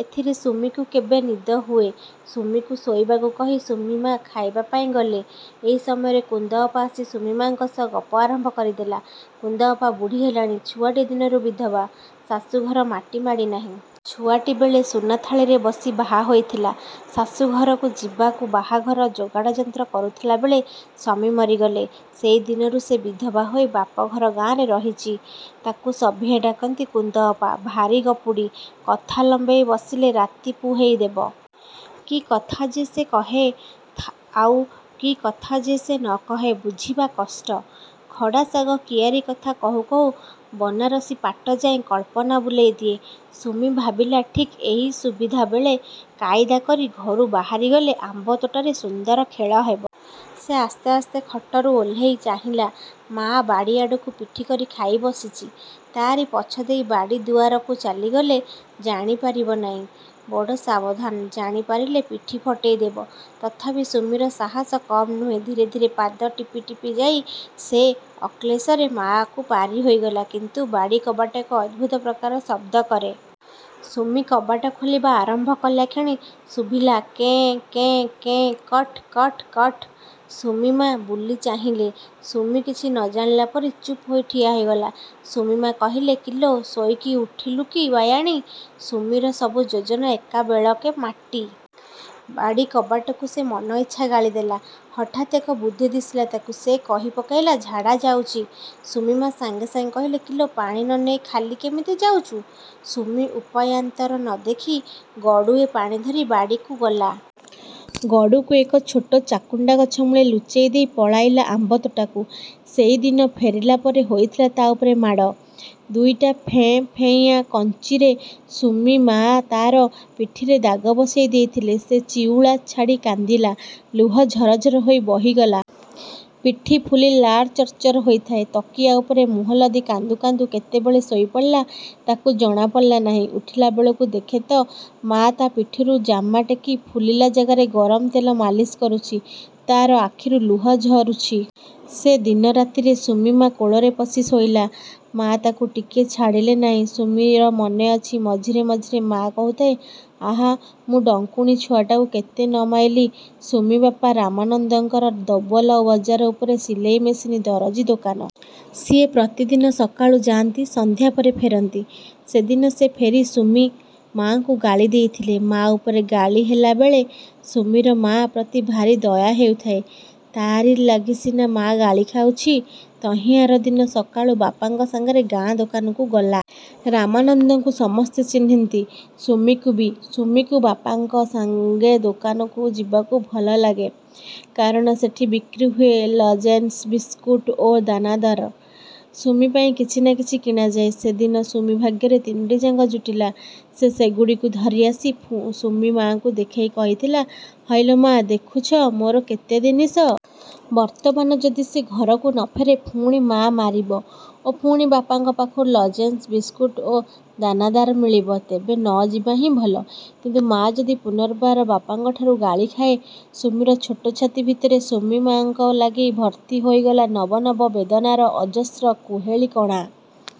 ଏଥିରେ ସୁମିକୁ କେବେ ନିଦ ହୁଏ? ସୁମିକୁ ଶୋଇବାକୁ କହି ସୁମି ମା ଖାଇବାପାଇଁ ଗଲେ। ଏଇ ସମୟରେ କୁନ୍ଦ ଅପା ଆସି ସୁମି ମା'ଙ୍କ ସହ ଗପ ଆରମ୍ଭ କରିଦେଲା। କୁନ୍ଦ ଅପା ବୁଢ଼ୀ ହେଲାଣି-। ଛୁଆଟି ଦିନରୁ ବିଧବା। ଶାଶୁଘର ମାଟି ମାଡ଼ି ନାହିଁ। ଛୁଆଟିବେଳେ ସୁନା ଥାଳିରେ ବସି ବାହା ହୋଇଥିଲା। ଶାଶୁଘରକୁ ଯିବାକୁ ବାହାଘର ଯୋଗାଡ଼ଯନ୍ତ୍ର କରୁଥିଲାବେଳେ ସ୍ୱାମୀ ମରିଗଲେ। ସେଇଦିନରୁ ସେ ବିଧବା ହୋଇ ବାପଘର ଗାଁରେ ରହିଚି। ତାକୁ ସଭିଏଁ ଡାକନ୍ତି କୁନ୍ଦ ଅପା। ଭାରି ଗପୁଡ଼ି। କଥା ଲମ୍ବେଇ ବସିଲେ ରାତି ପୁହେଇ ଦେବ। କି କଥା ଯେ ସେ କହେ–ଆଉ, କି କଥା ଯେ ସେ ନ କହେ–ବୁଝିବା କଷ୍ଟ। ଖଡ଼ା ଶାଗ କିଆରୀ କଥା କହୁ କହୁ ବନାରସୀ ପାଟ ଯାଏଁ କଳ୍ପନା ବୁଲେଇ ଦିଏ। ସୁମି ଭାବିଲା–ଠିକ୍ ଏଇ ସୁବିଧା ବେଳ। କାଇଦା କରି ଘରୁ ବାହାରିଗଲେ ଆମ୍ବ ତୋଟାରେ ସୁନ୍ଦର ଖେଳ ହେବ। ସେ ଆସ୍ତେ ଆସ୍ତେ ଖଟରୁ ଓହ୍ଲେଇ ଚାହିଁଲା–ମା' ବାଡ଼ିଆଡ଼କୁ ପିଠି କରି ଖାଇ ବସିଚି। ତା'ରି ପଛ ଦେଇ ବାଡ଼ି ଦୁଆରକୁ ଚାଲିଗଲେ ଜାଣିପାରିବ ନାଇଁ। ବଡ଼ ସାବଧାନ। ଜାଣିପାରିଲେ ପିଠି ଫଟେଇଦେବ। ତଥାପି ସୁମିର ସାହସ କମ୍ ନୁହେଁ। ଧୀରେ ଧୀରେ ପାଦ ଟିପି ଟିପି ଯାଇ ସେ ଅକ୍ଳେଶରେ ମା'କୁ ପାରି ହୋଇଗଲା; କିନ୍ତୁ ବାଡ଼ିକବାଟ ଏକ ଅଦ୍ଭୁତ ପ୍ରକାରର ଶବ୍ଦ କରେ। ସୁମି କବାଟ ଖୋଲିବା ଆରମ୍ଭ କଲାକ୍ଷଣି ଶୁଭିଲା–କେଁ କେଁ କେଁ କଟ୍-କଟ୍-କଟ୍। ସୁମିମା ବୁଲି ଚାହିଁଲେ। ସୁମି କିଛି ନ ଜାଣିଲା ପରି ଚୁପ୍ ହୋଇ ଠିଆ ହୋଇଗଲା। ସୁମି ମା କହିଲେ–'କିଲୋ, ଶୋଇକି ଉଠିଲୁକି ବାୟାଣୀ। ' ସୁମିର ସବୁ ଯୋଜନା ଏକାବେଳକେ ମାଟି। ବାଡ଼ିକବାଟକୁ ସେ ମନଇଚ୍ଛା ଗାଳି ଦେଲା। ହଠାତ୍ ଏକ ବୁଦ୍ଧି ଦିଶିଲା ତାକୁ–ସେ କହି ପକେଇଲା–ଝାଡ଼ା ଯାଉଚି। ସୁମି ମା ସାଙ୍ଗେ ସାଙ୍ଗେ କହିଲେ–''କିଲୋ ପାଣି ନ ନେଇ ଖାଲି କେମିତି ଯାଉଚୁ। '' ସୁମି ଉପାୟାନ୍ତର ନ ଦେଖି ଗଡ଼ୁଏ ପାଣି ଧରି ବାଡ଼ିକୁ ଗଲା। ଗଡ଼ୁକୁ ଏକ ଛୋଟ ଚାକୁଣ୍ଡା ଗଛ ମୂଳେ ଲୁଚେଇ ଦେଇ ପଳାଇଲା ଆମ୍ବତୋଟାକୁ। ସେଇ ଦିନ ଫେରିଲା ପରେ ହୋଇଥିଲା ତା ଉପରେ ମାଡ଼। ଦୁଇଟା ଫେଁ-ଫେଁଇଆ-କଞ୍ଚିରେ ସୁମି ମା ତାର ପିଠିରେ ଦାଗ ବସେଇ ଦେଇଥିଲେ। ସେ ଚିଉଳା ଛାଡ଼ି କାନ୍ଦିଲା, ଲୁହ ଝରଝର ହୋଇ ବହିଗଲା। ପିଠି ଫୁଲି ଲାଲ ଚର୍ଚ୍ଚର ହୋଇଥାଏ। ତକିଆ ଉପରେ ମୁହଁ ଲଦି କାନ୍ଦୁ କାନ୍ଦୁ କେତେବେଳେ ଶୋଇପଡ଼ିଲା ତାକୁ ଜଣାପଡ଼ିଲା ନାହିଁ। ଉଠିଲାବେଳକୁ ଦେଖେ ତ ମାଆ ତା ପିଠିରୁ ଜାମା ଟେକି ପୁଲିଲା ଜାଗାରେ ଗରମ ତେଲ ମାଲିସ କରୁଛି। ତାର ଆଖିରୁ ଲୁହ ଝରୁଚି। ସେ ଦିନ ରାତିରେ ସୁମି ମା' କୋଳରେ ପଶି ଶୋଇଲା। ମା' ତାକୁ ଟିକିଏ ଛାଡ଼ିଲେ ନାଇଁ। ସୁମିର ମନେ ଅଛି ମଝିରେ ମଝିରେ ମା' କହୁଥାଏ–'ଆହା, ମୁଁ ଡଙ୍କୁଣୀ ଛୁଆଟାକୁ କେତେ ନ ମାଇଲି। ' ସୁମି-ବାପା ରାମାନନ୍ଦଙ୍କର ଦୋବଲ ବଜାର ଉପରେ ସିଲେଇ ମେସିନ ଦରଜୀ ଦୋକାନ। ସିଏ ପ୍ରତିଦିନ ସକାଳୁ ଯାଆନ୍ତି–ସଂଧ୍ୟା ପରେ ଫେରନ୍ତି। ସେଦିନ ସେ ଫେରି ସୁମି। ମା'ଙ୍କୁ ଗାଳି ଦେଇଥିଲେ। ମା' ଉପରେ ଗାଳି ହେଲାବେଳେ ସୁମିର ମାଆ ପ୍ରତି ଭାରି ଦୟା ହେଉଥାଏ। ତା'ରି ଲାଗି ସିନା ମାଆ ଗାଳି ଖାଉଛି। ତହିଁ ଆରଦିନ ସକାଳୁ ବାପାଙ୍କ ସାଙ୍ଗରେ ଗାଁ-ଦୋକାନକୁ ଗଲା। ରାମାନନ୍ଦଙ୍କୁ ସମସ୍ତେ ଚିହ୍ନିନ୍ତି। ସୁମିକୁ ବି। ସୁମିକୁ ବାପାଙ୍କ ସାଙ୍ଗେ ଦୋକାନକୁ ଯିବାକୁ ଭଲ ଲାଗେ। କାରଣ ସେଠି ବିକ୍ରୀ ହୁଏ–ଲଜେନ୍ସ, ବିସ୍କୁଟ ଓ ଦାନାଦାର। ସୁମି ପାଇଁ କିଛି ନା କିଛି କିଣାଯାଏ। ସେଦିନ ସୁମି ଭାଗ୍ୟରେ ତିନୋଟିଯାକ ଜୁଟିଲା। ସେ ସେଗୁଡ଼ିକୁ ଧରି ଆସି ସୁମି ମା'ଙ୍କୁ ଦେଖେଇ କହିଥିଲା–''ହଇଲୋ ମା' ଦେଖୁଛ ମୋର କେତେ ଜିନିଷ। '' ବର୍ତ୍ତମାନ ଯଦି ସେ ଘରକୁ ନ ଫେରେ ପୁଣି ମା' ମାରିବ ଓ ପୁଣି ବାପାଙ୍କ ପାଖରୁ ଲଜେନ୍ସ, ବିସ୍କୁଟ ଓ ଦାନଦାର ମିଳିବ। ତେବେ ନ ଯିବାହିଁ ଭଲ। କିନ୍ତୁ ମାଆ ଯଦି ପୁନର୍ବାର ବାପାଙ୍କଠାରୁ ଗାଳି ଖାଏ? ସୁମିର ଛୋଟ ଛାତି ଭିତରେ ସୁମିମା'ଙ୍କ ଲାଗି ଭର୍ତ୍ତି ହୋଇଗଲା ନବ ନବ ବେଦନାର ଅଜସ୍ର କୁହେଳିକଣା।